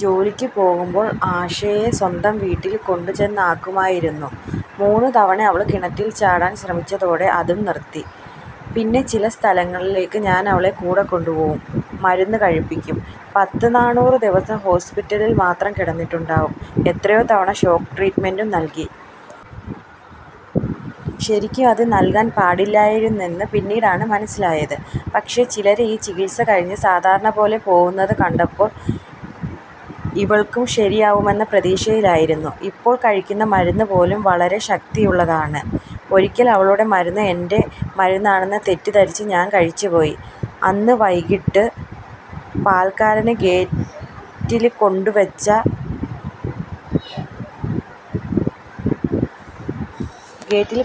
ജോലിക്കു പോവുമ്പോള് ആശയെ സ്വന്തം വീട്ടില് കൊണ്ടുചെന്നാക്കുമായിരുന്നു. മൂന്നു തവണ അവള് കിണറ്റില് ചാടാന് ശ്രമിച്ചതോടെ അതും നിര്ത്തി. പിന്നെ ചില സ്ഥലത്തേക്ക് ഞാനവളെ കൂടെ കൊണ്ടുപോവും. മരുന്ന് കഴിപ്പിക്കും. പത്ത് നാനൂറ് ദിവസം ഹോസ്പിറ്റലില് മാത്രം കിടന്നിട്ടുണ്ടാവും. എത്രയോ തവണ ഷോക്ക് ട്രീറ്റ് മെന്റ്ും നല്കി. ശരിക്കും അത് നല്കാന് പാടില്ലായിരുന്നെന്ന് പിന്നീടാണ് മന്സിലായത്. പക്ഷെ ചിലര് ഈ ചികിത്സ കഴിഞ്ഞ് സാധാരണ പോലെ പോവുന്നത് കണ്ടപ്പോള് ഇവള്ക്കും ശരിയാവുമെന്ന പ്രതീക്ഷയിലായിരുന്നു. ഇപ്പോള് കഴിക്കുന്ന മരുന്നു പോലും വളരെ ശക്തിയുള്ളതാണ്. ഒരിക്കല് അവളുടെ മരുന്ന് എന്റെ മരുന്നാണെന്ന് തെറ്റിദ്ധരിച്ച് ഞാന് കഴിച്ചുപോയി. അന്ന വൈകീട്ട് പാല്ക്കാരന് ഗേറ്റില്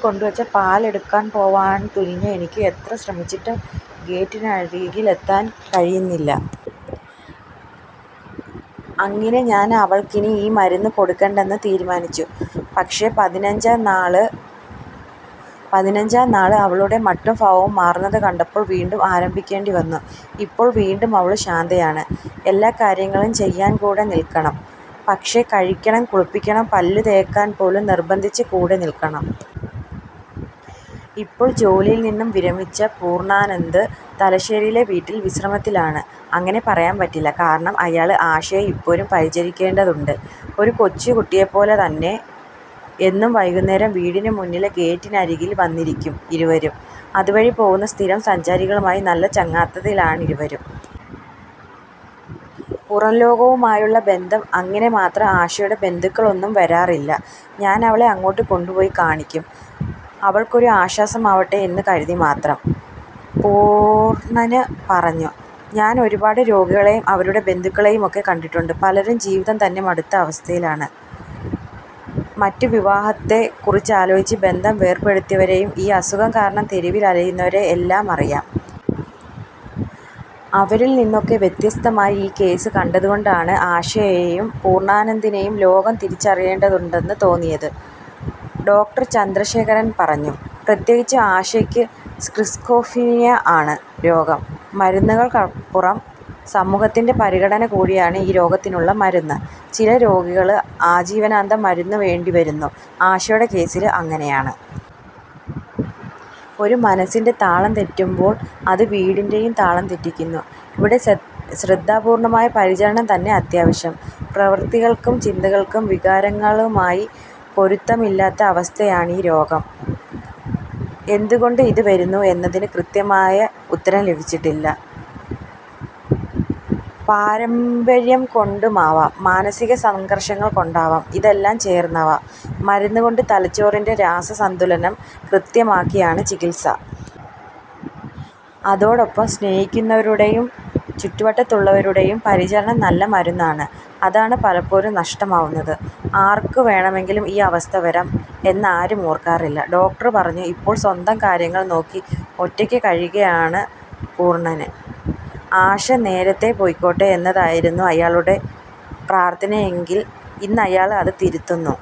കൊണ്ടുവെച്ച പാലെടുക്കാന് പോവാന് തുനിഞ്ഞ എനിക്ക് എത്ര ശ്രമിച്ചിട്ടും ഗേറ്റിനരികിലെത്താന് കഴിയുന്നില്ല. അങ്ങിനെ ഞാന് അവള്ക്കിനി ഈ മരുന്ന് കൊടുക്കേണ്ടെന്നു തീരുമാനിച്ചു. പക്ഷെ പതിനഞ്ചാം നാള് അവളുടെ മട്ടും ഭാവവും മാറുന്നത് കണ്ടപ്പോള് വീണ്ടും ആരംഭിക്കേണ്ടി വന്നു. ഇപ്പോള് വീണ്ടും അവള് ശാന്തായാണ്. എല്ലാ കാര്യങ്ങളും ചെയ്യാന് കൂടെ നില്ക്കണം. ഭക്ഷണം കഴിപ്പിക്കണം. കുളിപ്പിക്കണം. പല്ലു തേക്കാന് പോലും നിര്ബ്ബന്ധിച്ച് കൂടെ നില്ക്കണം. ഇപ്പോള് ജോലിയില് നിന്നും വിരമിച്ച പൂര്ണ്ണാനന്ദന് തലശ്ശേരിയിലെ വീട്ടില് വിശ്രമത്തിലാണ്. അങ്ങിനെ പറയാന് പറ്റില്ല. കാരണം അയാള്ക്ക് ആശയെ ഇപ്പോഴും പരിചരിക്കേണ്ടതുണ്ട്. ഒരു കൊച്ചുകുട്ടിയെ പോലെ തന്നെ. എന്നും വൈകുന്നേരം വീടിനു മുന്നിലെ ഗേറ്റിരകില് വന്നിരിക്കും ഇരുവരും. അതുവഴി പോവുന്ന സ്ഥിരം സഞ്ചാരികളുമായി നല്ല ചങ്ങാത്തത്തിലാണിരുവരും. പുറംലോകവുമായുള്ള ബന്ധം അങ്ങിനെ മാത്രം. ആശയുടെ ബന്ധുക്കളൊന്നും വരാറില്ല. ഞാനവളെ അങ്ങോട്ട് കൊണ്ടുോപയി കാണിക്കും. അവള്ക്കൊരു ആശ്വാസമാവട്ടെ എന്നു കരുതി മാത്രം. പൂര്ണ്ണന് പറഞ്ഞു. ഞാന് ഒരുപാട് രോഗികളേയും അവരുടെ ബന്ധുക്കളേയുമൊക്കെ കണ്ടിട്ടുണ്ട്. പലരും ജീവിതം തന്നെ മടുത്ത അവസ്ഥയിലാണ്. മറ്റ് വിവാഹത്തെ കുറിച്ചാലോചിച്ച് ബന്ധം വേര്പെടുത്തിയവരേയും ഈ അസുഖം കാരണം തെരുവില് അലയുന്നവരേയും എല്ലാം അറിയാം. അവരില് നിന്നൊക്കെ വ്യത്യസ്തമായി ഈ കേസ് കണ്ടതുകൊണ്ടാണ് ആശയേയും പൂര്ണ്ണാനന്ദനേയും ലോകം തിരിച്ചറിയേണ്ടതുണ്ടെന്നു തോന്നിയത്. ഡോ ചന്ദ്രശേഖരന് പറഞ്ഞു. പ്രത്യേകിച്ചും ആശയ്ക്ക് സ്കിസോഫ്രീനിയ ആണ് രോഗം. മരുന്നുകള്ക്കപ്പുറം സമൂഹത്തിന്റെ പരിഗണന കൂടിയാണ് ഈ രോഗത്തിനുള്ള മരുന്ന്. ചില രോഗികള്ക്ക് ആജീവനാന്തം മരുന്നു വേണ്ടി വരുന്നു. ആശയുടെ കേസില് അങ്ങിനെയാണ്. ഒരു മനസ്സിന്റെ താളം തെറ്റുമ്പോള് അത് വീടിന്റെയും താളം തെറ്റിക്കുന്നു. ഇവിടെ ശ്രദ്ധാപൂര്ണമായ പരിചരണം തന്നെ അത്യാവശ്യം. പ്രവൃത്തികള്ക്ക് ചിന്തകളും വികാരങ്ങളുമായി പൊരുത്തമില്ലാത്ത അവസ്ഥയാണീ രോഗം. എന്തുകൊണ്ട് ഇതു വരുന്നു എന്നതിന് കൃത്യമായ ഉത്തരം ലഭിച്ചിട്ടില്ല. പാരമമ്പര്യം കൊണ്ടാവാം, മാനസിക സംഘര്ഘങ്ങള് കൊണ്ടാവാം, ഇതെല്ലാം ചേര്ന്നാവാം. മരുന്നു കൊണ്ട് തലച്ചോറിന്റെ രാസസംതുലനം കൃത്യമാക്കിയാണ് ചികിത്സ. അതോടൊപ്പം സ്നേഹിക്കുന്നവരുടെയും ചുറ്റുവട്ടത്തുള്ളവരുടെയും പരിചരണം നല്ല മരുന്നാണ്. അതാണ് പലപ്പോഴും നഷ്ടമാവുന്നത്. ആര്ക്കു വേണമെങ്കിലും ഈ അവസ്ഥ വരാം എന്നാരും ഓര്ക്കാറില്ല. ഡോക്ടര് പറഞ്ഞു. ഇപ്പോള് സ്വന്തം കാര്യങ്ങള് നോക്കി ഒറ്റയ്ക്ക് കഴിയുകയാണ് പൂര്ണന്. ആശ നേരത്തെ പോയ്ക്കോട്ടെ എന്നതായിരുന്നു അയാളുടെ പ്രാര്ഥനയെങ്കില് ഇന്നയാള് അത് തിരുത്തുന്നു.